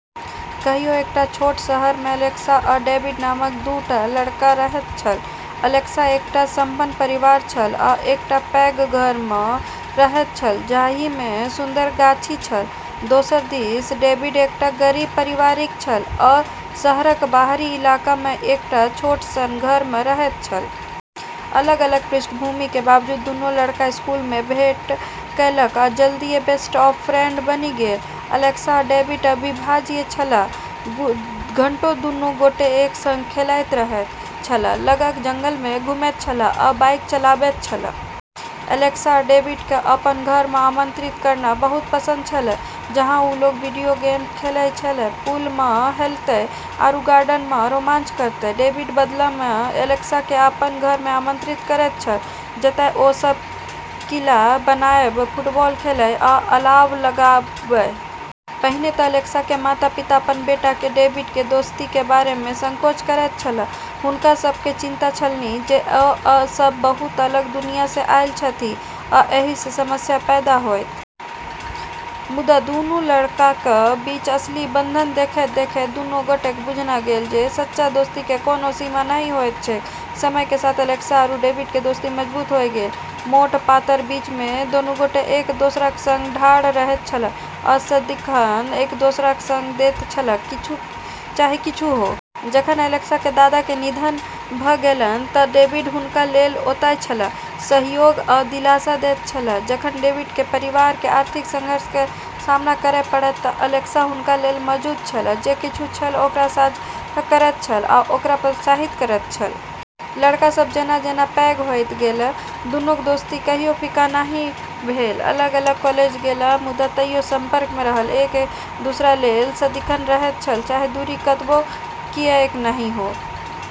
कहियो एकटा छोट शहर मे एलेक्स आ डेविड नामक दू टा लड़का रहैत छल। एलेक्स एकटा सम्पन्न परिवारक छल आ एकटा पैघ घर मे रहैत छल जाहि मे सुन्दर गाछी छल। दोसर दिस डेविड एकटा गरीब परिवारक छल आ शहरक बाहरी इलाका मे एकटा छोट सन घर मे रहैत छल। अलग-अलग पृष्ठभूमि के बावजूद दुनू लड़का स्कूल में भेंट केलक आ जल्दीए बेस्ट ऑफ फ्रेंड बनि गेल। एलेक्स आ डेविड अविभाज्य छलाह। घंटों दुनू गोटे एक संग खेलाइत रहैत छलाह, लगक जंगल मे घुमैत छलाह, आ बाइक चलाबैत छलाह. एलेक्स क॑ डेविड क॑ अपनऽ घर म॑ आमंत्रित करना बहुत पसंद छेलै, जहां वू लोग वीडियो गेम खेलै छेलै, पूल म॑ हेलतै, आरू गार्डन म॑ रोमांच करतै। डेविड बदला में एलेक्स के अपन घर में आमंत्रित करैत छल जतय ओ सब किला बनाबय, फुटबॉल खेलय, आ अलाव लगाबय. पहिने त एलेक्स के माता-पिता अपन बेटा के डेविड के दोस्ती के बारे में संकोच करैत छलाह. हुनका सब के चिंता छलनि जे ओ सब बहुत अलग दुनिया स आयल छथि आ एहि स समस्या पैदा होयत। मुदा दुनू लड़काक बीचक असली बंधन देखैत-देखैत दुनू गोटेकेँ बुझना गेल जे सच्चा दोस्तीकेँ कोनो सीमा नहि होइत छैक। समय के साथ एलेक्स आरू डेविड के दोस्ती मजबूत होय गेलै। मोट-पातर बीच मे दुनू गोटे एक दोसराक संग ठाढ़ रहैत छलाह, आ सदिखन एक दोसराक संग दैत छलाह चाहे किछुओ हो। जखन एलेक्स के दादा के निधन भ गेलैन त डेविड हुनका लेल ओतय छलाह, सहयोग आ दिलासा दैत छलाह. जखन डेविड के परिवार के आर्थिक संघर्ष के सामना करय पड़ल त एलेक्स हुनका लेल मौजूद छल, जे किछु छल ओकरा साझा करैत छल आ ओकरा प्रोत्साहित करैत छल. लड़का सब जेना-जेना पैघ होइत गेल, दुनूक दोस्ती कहियो फीका नहि भेल। अलग-अलग कॉलेज मे गेल मुदा तइयो संपर्क मे रहल, एक दोसरा लेल सदिखन रहैत छल चाहे दूरी कतबो किएक नहि हो।